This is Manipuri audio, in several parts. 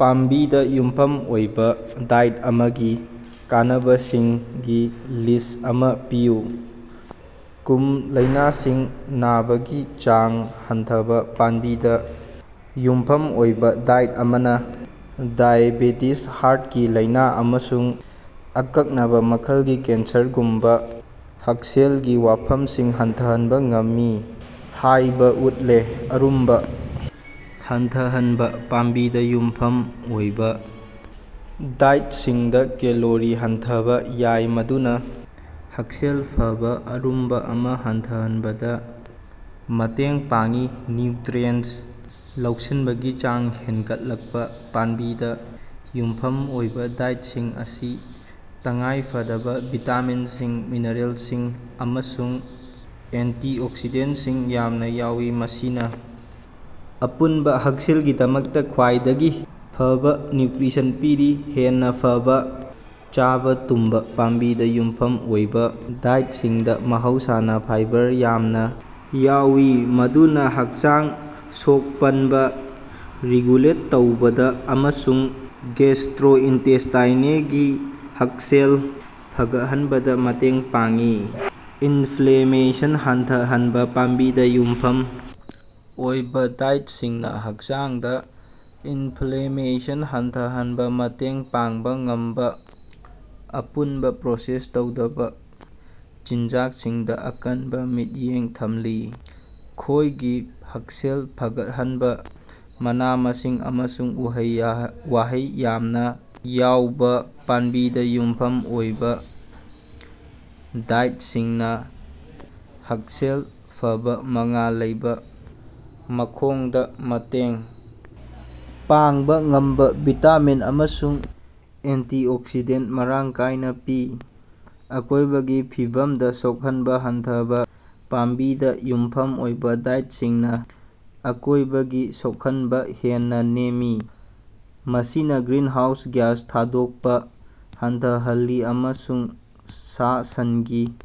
ꯄꯥꯝꯕꯤꯗ ꯌꯨꯝꯐꯝ ꯑꯣꯏꯕ ꯗꯥꯏꯠ ꯑꯃꯒꯤ ꯀꯥꯟꯅꯕꯁꯤꯡꯒꯤ ꯂꯤꯁ꯭ꯠ ꯑꯃ ꯄꯤꯌꯨ꯫ ꯀꯨꯝ ꯂꯢꯅꯥꯁꯤꯡ ꯅꯕꯒꯤ ꯆꯥꯡ ꯍꯟꯊꯕꯥ: ꯄꯥꯝꯕꯤꯗꯥ ꯌꯨꯝꯐꯝ ꯑꯣꯏꯕꯥ ꯗꯥꯏꯠ ꯑꯃꯅ ꯗꯥꯏꯑꯦꯕꯦꯇꯤꯖ, ꯍꯥꯔꯠꯀꯤ ꯂꯥꯢꯅ ꯑꯃꯁꯨꯡ ꯑꯀꯛꯅꯕ ꯃꯈꯜꯒꯤ ꯀꯦꯟꯁꯔꯒꯨꯝꯕ ꯍꯛꯁꯦꯜꯒꯤ ꯋꯥꯐꯝꯁꯤꯡ ꯍꯟꯊꯍꯟꯕ ꯉꯝꯃꯤ ꯍꯥꯢꯕ ꯎꯠꯂꯦ꯫ ꯑꯔꯨꯝꯕ ꯍꯟꯊꯍꯟꯕ: ꯄꯥꯝꯕꯤꯗ ꯌꯨꯝꯐꯝ ꯑꯣꯏꯕ ꯗꯥꯏꯇꯁꯤꯡꯗ ꯀꯦꯂꯣꯔꯤ ꯍꯟꯊꯕ ꯌꯥꯏ ꯃꯗꯨꯅ ꯍꯛꯁꯦꯜ ꯐꯕꯥ ꯑꯔꯨꯝꯕ ꯑꯃ ꯍꯟꯊꯍꯟꯕꯗ ꯃꯇꯦꯡ ꯄꯥꯡꯏ꯫ ꯅ꯭ꯌꯨꯇ꯭ꯔꯤꯑꯦꯟꯇ ꯂꯧꯁꯟꯕꯒꯤ ꯆꯥꯡ ꯍꯦꯟꯒꯠꯂꯛꯄ: ꯄꯥꯝꯕꯤꯗ ꯌꯨꯝꯐꯝ ꯑꯣꯏꯕ ꯗꯥꯏꯠꯁꯤꯡ ꯑꯁꯤ ꯇꯉꯥꯏꯐꯗꯕ ꯚꯤꯇꯥꯃꯤꯟꯁꯤꯡ, ꯃꯤꯅꯔꯦꯜꯁꯤꯡ ꯑꯃꯁꯨꯡ ꯑꯦꯟꯇꯤꯑꯣꯛꯁꯤꯗꯦꯟꯇꯁꯤꯡ ꯌꯥꯝꯅ ꯌꯥꯎꯏ ꯃꯁꯤꯅꯥ ꯑꯄꯨꯟꯕ ꯍꯛꯁꯦꯜꯒꯤꯗꯃꯛꯇ ꯈ꯭ꯋꯥꯏꯗꯒꯤ ꯐꯕ ꯅ꯭ꯌꯨꯇ꯭ꯔꯤꯁꯟ ꯄꯤꯔꯤ꯫ ꯍꯦꯟꯅ ꯐꯕ ꯆꯥꯕ ꯇꯨꯝꯕ: ꯄꯥꯝꯕꯤꯗ ꯌꯨꯝꯐꯝ ꯑꯣꯏꯕ ꯗꯥꯏꯠꯁꯤꯡꯗꯥ ꯃꯍꯧꯁꯥꯅ ꯐꯥꯏꯕꯔ ꯌꯥꯝꯅ ꯌꯥꯎꯏ ꯃꯗꯨꯅ ꯍꯛꯆꯥꯡ ꯁꯣꯛ-ꯄꯟꯕ ꯔꯤꯒꯨꯂꯦꯠ ꯇꯧꯕꯗ ꯑꯃꯁꯨꯡ ꯒꯦꯁꯇꯔꯣꯏꯟꯇꯦꯁꯇꯥꯏꯅꯦꯒꯤ ꯍꯛꯁꯦꯜ ꯐꯒꯠꯍꯟꯕꯗ ꯃꯇꯦꯡ ꯄꯥꯡꯏ꯫ ꯏꯟꯐ꯭ꯂꯦꯃꯦꯁꯟ ꯍꯟꯊꯍꯟꯕ: ꯄꯥꯝꯕꯤꯗ ꯌꯨꯝꯐꯝ ꯑꯣꯏꯕꯥ ꯗꯥꯏꯇꯁꯤꯡꯅ ꯍꯛꯆꯥꯡꯗ ꯏꯟꯐ꯭ꯂꯦꯃꯦꯁꯟ ꯍꯟꯊꯍꯟꯕ ꯃꯇꯦꯡ ꯄꯥꯡꯕ ꯉꯝꯕ ꯑꯄꯨꯟꯕ ꯄ꯭ꯔꯣꯁꯦꯁ ꯇꯧꯗꯕ ꯆꯤꯟꯖꯥꯛꯁꯤꯡꯗ ꯑꯀꯟꯕꯥ ꯃꯤꯠꯌꯦꯡ ꯊꯝꯂꯤ꯫ ꯈꯣꯡꯒꯤ ꯍꯛꯁꯦꯜ ꯐꯒꯠꯍꯟꯕꯥ: ꯃꯅꯥ-ꯃꯁꯤꯡ ꯑꯃꯁꯨꯡ ꯎꯍꯩ-ꯋꯥꯍꯩ ꯌꯥꯝꯅ ꯌꯥꯎꯕ ꯄꯥꯝꯕꯤꯗ ꯌꯨꯝꯐꯝ ꯑꯣꯏꯕ ꯗꯥꯏꯇꯁꯤꯡꯅ ꯍꯛꯁꯦꯜ ꯐꯕ ꯃꯉꯥꯜ ꯂꯩꯕ ꯃꯈꯣꯡꯗ ꯃꯇꯦꯡ ꯄꯥꯡꯕ ꯉꯝꯕ ꯚꯤꯇꯥꯃꯤꯟ ꯑꯃꯁꯨꯡ ꯑꯦꯟꯇꯤꯑꯣꯛꯁꯤꯗꯦꯟꯇ ꯃꯔꯥꯡ ꯀꯥꯢꯅ ꯄꯤ꯫ ꯑꯀꯣꯢꯕꯒꯤ ꯐꯤꯕꯝꯗ ꯁꯣꯛꯍꯟꯕꯥ ꯍꯟꯊꯕꯥ: ꯄꯥꯝꯕꯤꯗꯥ ꯌꯨꯝꯐꯝ ꯑꯣꯏꯕꯥ ꯗꯥꯏꯇꯁꯤꯡꯅ ꯑꯀꯣꯢꯕꯒꯤ ꯁꯣꯛꯍꯟꯕ ꯍꯦꯟꯅ ꯅꯦꯝꯃꯤ ꯃꯁꯤꯅꯥ ꯒ꯭ꯔꯤꯅꯍꯥꯎꯁ ꯒ꯭ꯌꯥꯁ ꯊꯥꯗꯣꯛꯄ ꯍꯟꯊꯍꯜꯂꯤ ꯑꯃꯁꯨꯡ ꯁꯥ-ꯁꯟꯒꯤ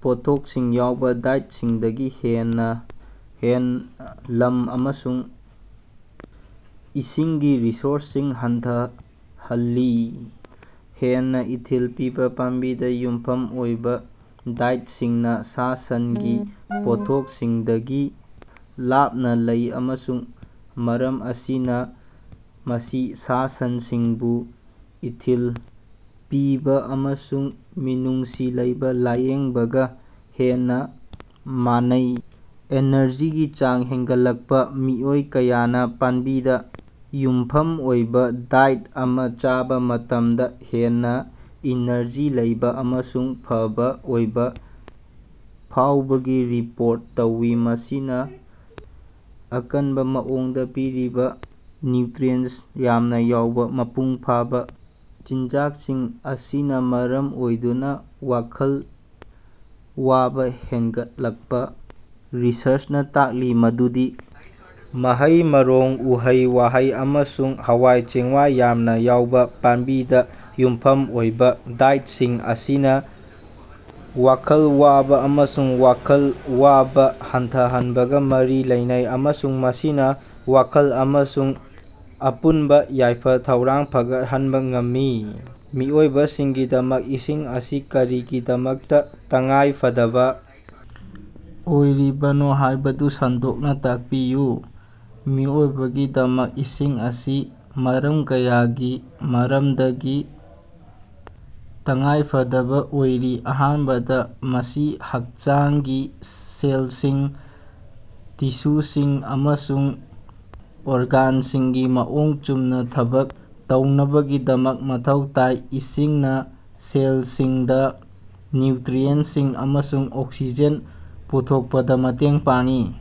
ꯄꯣꯠꯊꯣꯛꯁꯤꯡ ꯌꯥꯎꯕ ꯗꯥꯏꯇꯁꯤꯡꯗꯒꯤ ꯍꯦꯟꯅ ꯂꯝ ꯑꯃꯁꯨꯡ ꯏꯁꯤꯡꯒꯤ ꯔꯤꯁꯣꯔꯁꯁꯤꯡ ꯍꯟꯊꯍꯜꯂꯤ꯫ ꯍꯦꯟꯅꯥ ꯏꯊꯤꯜ ꯄꯤꯕꯥ: ꯄꯥꯝꯕꯤꯗ ꯌꯨꯝꯐꯝ ꯑꯣꯏꯕ ꯗꯥꯏꯇꯁꯤꯡꯅ ꯁꯥ-ꯁꯟꯒꯤ ꯄꯣꯠꯊꯣꯛꯁꯤꯡꯗꯒꯤ ꯂꯥꯞꯅꯥ ꯂꯩ ꯑꯃꯁꯨꯡ ꯃꯔꯝ ꯑꯁꯤꯅ ꯃꯁꯤ ꯁꯥ-ꯁꯟꯁꯤꯡꯕꯨ ꯏꯊꯤꯜ ꯄꯤꯕꯥ ꯑꯃꯁꯨꯡ ꯃꯤꯅꯨꯡꯁꯤ ꯂꯩꯕꯥ ꯂꯥꯌꯦꯡꯕꯒ ꯍꯦꯟꯅ ꯃꯥꯟꯅꯩ꯫ ꯑꯦꯅꯔꯖꯤꯒꯤ ꯆꯥꯡ ꯍꯦꯟꯒꯠꯂꯛꯄꯥ: ꯃꯤꯑꯣꯏ ꯀꯌꯥꯅꯥ ꯄꯥꯝꯕꯤꯗꯥ ꯌꯨꯝꯐꯝ ꯑꯣꯏꯕꯥ ꯗꯥꯏꯠ ꯑꯃ ꯆꯥꯕ ꯃꯇꯝꯗ ꯍꯦꯟꯅ ꯏꯅꯔꯖꯤ ꯂꯩꯕ ꯑꯃꯁꯨꯡ ꯐꯕ ꯑꯣꯏꯕ ꯐꯥꯎꯕꯒꯤ ꯔꯤꯄꯣꯔꯠ ꯇꯧꯏ ꯃꯁꯤꯅꯥ ꯑꯀꯟꯕ ꯃꯑꯣꯡꯗ ꯄꯤꯔꯤꯕꯥ ꯅ꯭ꯌꯨꯇ꯭ꯔꯤꯑꯦꯟꯇ ꯌꯥꯝꯅ ꯌꯥꯎꯕ ꯃꯄꯨꯡꯐꯥꯕꯥ ꯆꯤꯟꯖꯥꯛꯁꯤꯡ ꯑꯁꯤꯅ ꯃꯔꯝ ꯑꯣꯏꯗꯨꯅ ꯋꯥꯈꯜ ꯋꯥꯕꯥ ꯍꯦꯟꯒꯠꯂꯛꯄꯥ: ꯔꯤꯁꯔꯆꯅ ꯇꯥꯛꯂꯤ ꯃꯗꯨꯗꯤ ꯃꯍꯩ-ꯃꯔꯣꯡ, ꯎꯍꯩ-ꯋꯥꯍꯩ ꯑꯃꯁꯨꯡ ꯍꯋꯥꯏ ꯆꯦꯡꯋꯥꯏ ꯌꯥꯝꯅ ꯌꯥꯎꯕ ꯄꯥꯝꯕꯤꯗ ꯌꯨꯝꯐꯝ ꯑꯣꯏꯕ ꯗꯥꯏꯇꯁꯤꯡ ꯑꯁꯤꯅ ꯋꯥꯈꯜ ꯋꯥꯕ ꯑꯃꯁꯨꯡ ꯋꯥꯈꯜ ꯋꯥꯕ ꯍꯟꯊꯍꯟꯕꯒ ꯃꯔꯤ ꯂꯩꯅꯩ ꯑꯃꯁꯨꯡ ꯃꯁꯤꯅ ꯋꯥꯈꯜ ꯑꯃꯁꯨꯡ ꯑꯄꯨꯟꯕ ꯌꯥꯏꯐ-ꯊꯧꯔꯥꯡ ꯐꯒꯠꯍꯟꯕ ꯉꯝꯃꯤ꯫ ꯃꯤꯑꯣꯏꯕꯒꯤꯗꯃꯛ ꯏꯁꯤꯡ ꯑꯁꯤ ꯀꯔꯤꯒꯤꯗꯃꯛꯇꯥ ꯇꯉꯥꯏꯐꯗꯕꯥ ꯑꯣꯏꯔꯤꯕꯅꯣ ꯍꯥꯢꯕꯗꯨ ꯁꯟꯗꯣꯛꯅ ꯇꯥꯛꯄꯤꯌꯨ꯫ ꯃꯤꯑꯣꯏꯕꯒꯤꯗꯃꯛ ꯏꯁꯤꯡ ꯑꯁꯤ ꯃꯔꯝ ꯀꯌꯥꯒꯤ ꯃꯔꯝꯗꯒꯤ ꯇꯉꯥꯏꯐꯗꯕ ꯑꯣꯏꯔꯤ꯫ ꯑꯍꯥꯟꯕꯗ ꯃꯁꯤ ꯍꯛꯆꯥꯡꯒꯤ ꯁꯦꯜꯁꯤꯡ, ꯇꯤꯁꯨꯁꯤꯡ ꯑꯃꯁꯨꯡ ꯑꯣꯔꯒꯥꯟꯁꯤꯡꯒꯤ ꯃꯑꯣꯡ ꯆꯨꯝꯅ ꯊꯕꯛ ꯇꯧꯅꯕꯒꯤꯗꯃꯛ ꯃꯊꯧ ꯇꯥꯏ꯫ ꯏꯁꯤꯡꯅ ꯁꯦꯜꯁꯤꯡꯗ ꯅ꯭ꯌꯨꯇ꯭ꯔꯤꯑꯦꯟꯇꯁꯤꯡ ꯑꯃꯁꯨꯡ ꯑꯣꯛꯁꯤꯖꯦꯟ ꯄꯨꯊꯣꯛꯄꯗ ꯃꯇꯦꯡ ꯄꯥꯡꯏ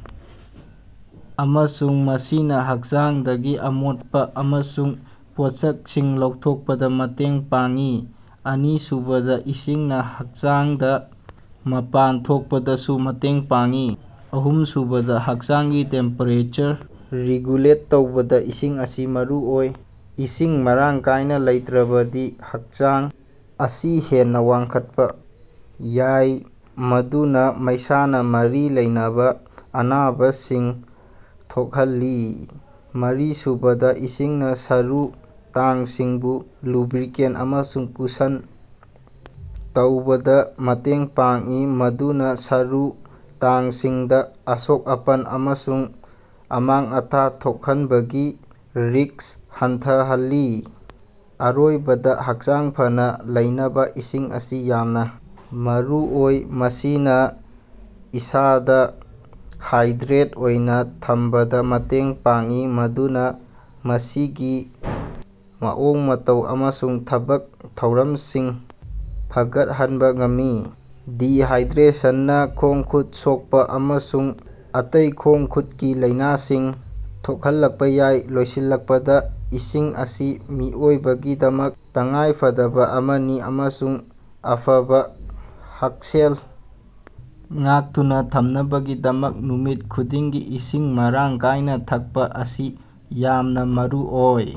ꯑꯃꯁꯨꯡ ꯃꯁꯤꯅ ꯍꯛꯆꯥꯡꯗꯒꯤ ꯑꯃꯣꯠꯄ ꯑꯃꯁꯨꯡ ꯄꯣꯠꯁꯛꯁꯤꯡ ꯂꯧꯊꯣꯛꯄꯗ ꯃꯇꯦꯡ ꯄꯥꯡꯏ꯫ ꯑꯅꯤꯁꯨꯕꯗ ꯏꯁꯤꯡꯅ ꯍꯛꯆꯥꯡꯗ ꯃꯄꯥꯟ ꯊꯣꯛꯄꯗꯁꯨ ꯃꯇꯦꯡ ꯄꯥꯡꯢ ꯫ ꯑꯍꯨꯝꯁꯨꯕꯗ ꯍꯛꯆꯥꯡꯒꯤ ꯇꯦꯝꯄꯦꯔꯦꯆꯔ ꯔꯤꯒꯨꯂꯦꯠ ꯇꯧꯕꯗ ꯏꯁꯤꯡ ꯑꯁꯤ ꯃꯔꯨꯑꯣꯏ꯫ ꯏꯁꯤꯡ ꯃꯔꯥꯡ ꯀꯥꯢꯅ ꯂꯩꯇ꯭ꯔꯕꯗꯤ ꯍꯛꯆꯥꯡ ꯑꯁꯤ ꯍꯦꯟꯅ ꯋꯥꯡꯈꯠꯄ ꯌꯥꯏ ꯃꯗꯨꯅ ꯃꯩꯁꯥꯅ ꯃꯔꯤ ꯂꯩꯅꯕ ꯑꯅꯥꯕꯁꯤꯡ ꯊꯣꯛꯍꯜꯂꯤ꯫ ꯃꯔꯤꯁꯨꯕꯗ ꯏꯁꯤꯡꯅ ꯁꯔꯨ ꯇꯥꯡꯁꯤꯡꯕꯨ ꯂꯨꯕ꯭ꯔꯤꯀꯦꯠ ꯑꯃꯁꯨꯡ ꯀꯨꯁꯟ ꯇꯧꯕꯗ ꯃꯇꯦꯡ ꯄꯥꯡꯏ ꯃꯗꯨꯅ ꯁꯔꯨ ꯇꯥꯡꯁꯤꯡꯗꯥ ꯑꯁꯣꯛ-ꯑꯄꯟ ꯑꯃꯁꯨꯡ ꯑꯃꯥꯡ-ꯑꯇꯥ ꯊꯣꯛꯍꯟꯕꯒꯤ ꯔꯤꯁ꯭ꯛ ꯍꯟꯊꯍꯜꯂꯤ꯫ ꯑꯔꯣꯏꯕꯗ ꯍꯛꯆꯥꯡ ꯐꯅꯥ ꯂꯩꯅꯕꯥ ꯏꯁꯤꯡ ꯑꯁꯤ ꯌꯥꯝꯅ ꯃꯔꯨꯑꯣꯏ꯫ ꯃꯁꯤꯅ ꯏꯁꯥꯗ ꯍꯥꯏꯗ꯭ꯔꯦꯠ ꯑꯣꯏꯅ ꯊꯝꯕꯗ ꯃꯇꯦꯡ ꯄꯥꯡꯏ ꯃꯗꯨꯅ ꯃꯁꯤꯒꯤ ꯃꯑꯣꯡ-ꯃꯇꯧ ꯑꯃꯁꯨꯡ ꯊꯕꯛ-ꯊꯧꯔꯝꯁꯤꯡ ꯐꯒꯠꯍꯟꯕꯥ ꯉꯝꯃꯤ꯫ ꯗꯤꯍꯥꯢꯗ꯭ꯔꯦꯁꯟꯅ ꯈꯣꯡ-ꯈꯨꯠ ꯁꯣꯛꯄꯥ ꯑꯃꯁꯨꯡ ꯑꯇꯩ ꯈꯣꯡ-ꯈꯨꯠꯀꯤ ꯂꯩꯅꯁꯤꯡ ꯊꯣꯛꯍꯜꯂꯛꯄꯥ ꯌꯥꯏ꯫ ꯂꯣꯏꯁꯤꯜꯂꯛꯄꯗ ꯏꯁꯤꯡ ꯑꯁꯤ ꯃꯤꯑꯣꯏꯕꯒꯤꯗꯃꯛ ꯇꯉꯥꯏꯐꯗꯕ ꯑꯃꯅꯤ ꯑꯃꯁꯨꯡ ꯑꯐꯕꯥ ꯍꯛꯁꯦꯜ ꯉꯥꯛꯇꯨꯅ ꯊꯝꯅꯕꯒꯤꯗꯃꯛ ꯅꯨꯃꯤꯠ ꯈꯨꯗꯤꯡꯒꯤ ꯏꯁꯤꯡ ꯃꯔꯥꯡ ꯀꯥꯢꯅꯥ ꯊꯛꯄ ꯑꯁꯤ ꯌꯥꯝꯅꯥ ꯃꯔꯨꯑꯣꯏ꯫